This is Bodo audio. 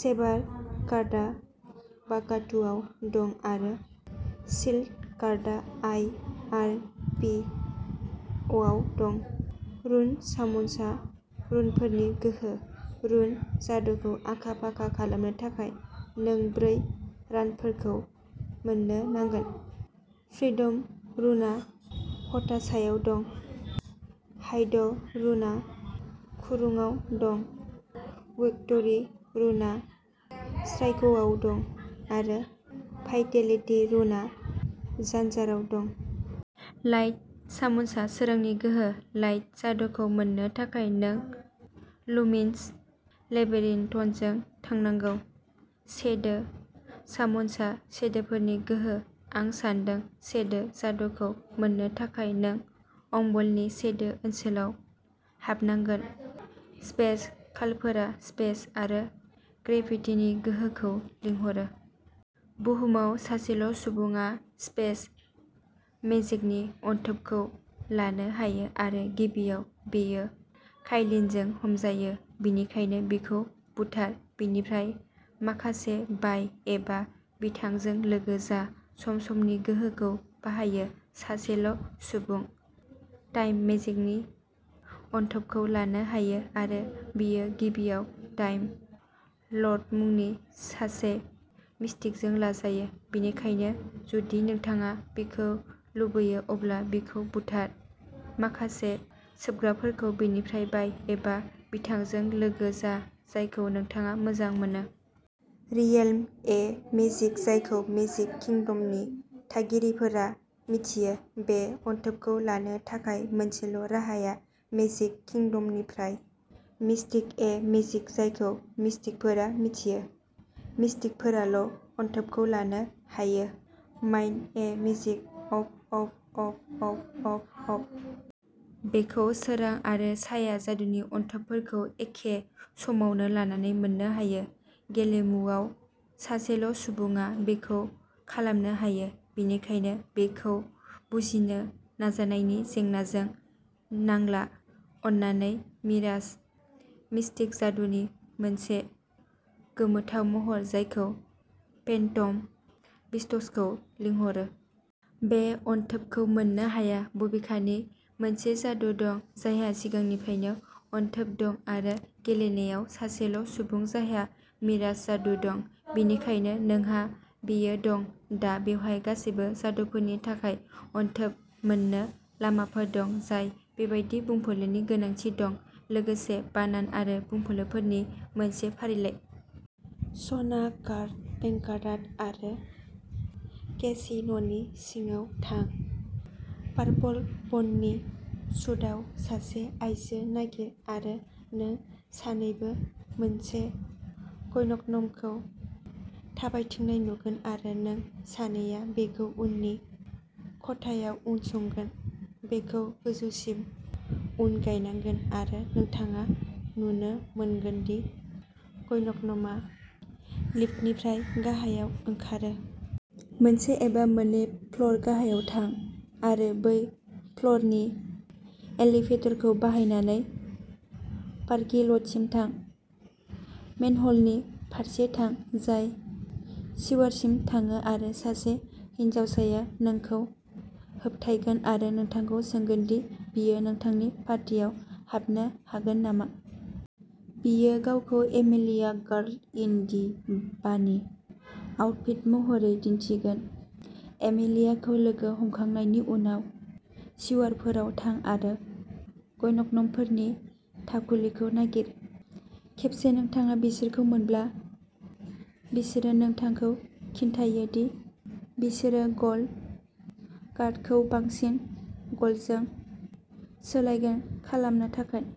सेबार कार्डआ वाकातुआव दं आरो शील्ड कार्डआ आइ. आर. पि. अ'आव दं। रुन-सामुनसआ रुनफोरनि गोहो। रुन जादुखौ आखा-फाखा खालामनो थाखाय, नों ब्रै रानफोरखौ मोन्नो नांगोन। फ्रिडम रुनआ हताशायाव दं, हाइड रुनआ कुरंआव दं, विक्ट'रि रुनआ श्राइकआव दं, आरो भाइटेलिटि रुनआ तान्जाराव दं। लाइट सामुनसआ सोरांनि गोहो। लाइट जादुखौ मोन्नो थाखाय नों लुमिनस लेबिरिनथजों थांनांगौ। शेडो सामुनसआ शेडोफोरनि गोहो, आं सान्दों। शेडो जादुखौ मोन्नो थाखाय नों अंबलनि शेडो ओनसोलाव हाबनांगोन। स्पेस-कालफोरा स्पेस आरो ग्रेभिटिनि गोहोखौ लिंहरो। बुहुमाव सासेल'सुबुङा स्पेस मेजिकनि अनथोबखौ लानो हायो आरो गिबियाव, बेयो काइलिनजों हमजायो, बेनिखायनो बिखौ बुथार, बेनिफ्राय माखासे बाय, एबा बिथांजों लोगो जा। सम-समनि गोहोखौ बाहायो। सासेल' सुबुं। टाइम मेजिकनि अनथोबखौ लानो हायो आरो बेयो गिबियाव टाइम लर्ड मुंनि सासे मिस्टिकजों लाजायो, बेनिखायनो जुदि नोंथाङा बेखौ लुबैयो अब्ला बिखौ बुथार, माखासे सोबग्राफोरखौ बेनिफ्राय बाय, एबा बिथांजों लोगो जा, जायखौ नोंथाङा मोजां मोनो। रियेल्म ए मेजिक जायखौ मेजिक किंडमनि थागिरिफोरा मिथियो। बे अनथोबखौ लानो थाखाय मोनसेल' राहाया मेजिक किंडमनिफ्राय मिस्टिक-ए मेजिक जायखौ मिस्टिकफोरा मिथियो। मिस्टिकफोराल' अनथोबखौ लानो हायो। माइन्ड-ए magic... of... of... of... of... of... of... बेखौ सोरां आरो साया जादुनि अनथोबफोरखौ एखे समावनो लानानै मोननो हायो। गेलेमुआव सासेल' सुबुङा बेखौ खालामनो हायो, बेनिखायनो बेखौ बुजिनो नाजानायनि जेंनाजों नांला अन्नानै मिराज-मिस्टिक जादुनि मोनसे गोमोथाव महर जायखौ फेन्टम बिस्ट्सखौ लिंहरो। बे अनथोबखौ मोननो हाया, बबेखानि मोनसे आखु दं जायहा सिगांनिफ्रायनो अनथोब दं आरो गेलेनायाव सासेल' सुबुं जायहा मिराज जादु दं। बेनिखायनो नोंहा बेयो दं। दा बेवहाय गासैबो जादुफोरनि थाखाय "अनथोब" मोन्नो लामाफोर दं जाय बेबादि बुंफुरलुनि गोनांथि दं, लोगोसे बानान आरो बुंफुरलुफोरनि मोनसे फारिलाइ। सना कार्ड-बेक्कारात आरो केसिन'नि सिङाव थां। पार्पल बन्नी सुटआव सासे आयजो नागिर आरो नों सानैबो मोनसे ग्न'मखौ थाबायथिंनाय नुगोन आरो नों सानैया बेखौ उननि खथायाव उनसंगोन। बेखौ गोजौसिम उनगायनांगोन आरो नोंथाङा नुनो मोनगोन दि ग्न'मआ लिफ्टनिफ्राय गाहायाव ओंखारो। मोनसे एबा मोननै फ्ल'र गाहायाव थां आरो बै फ्ल'रनि एलिभेटरखौ बाहायनानै पार्किं ल'टसिम थां। मेनह'लनि फारसे थां, जाय सिवारसिम थाङो आरो सासे हिनजावसाया नोंखौ होबथायगोन आरो नोंथांखौ सोंगोन दि बियो नोंथांनि पार्टियाव हाबनो हागोन नामा। बियो गावखौ एमेलिया गार्ल इन दि बानि आउटफिट महरै दिन्थिगोन। एमेलियाखौ लोगो हमखांनायनि उनाव सिवारफोराव थां आरो ग्न'मफोरनि थाखुलिखौ नागिर। खेबसे नोंथाङा बिसोरखौ मोनब्ला, बिसोरो नोंथांखौ खोन्थायो दि बिसोरो गल्ड कार्डखौ बांसिन गल्डजों सोलायगोन खालामनो थाखाय।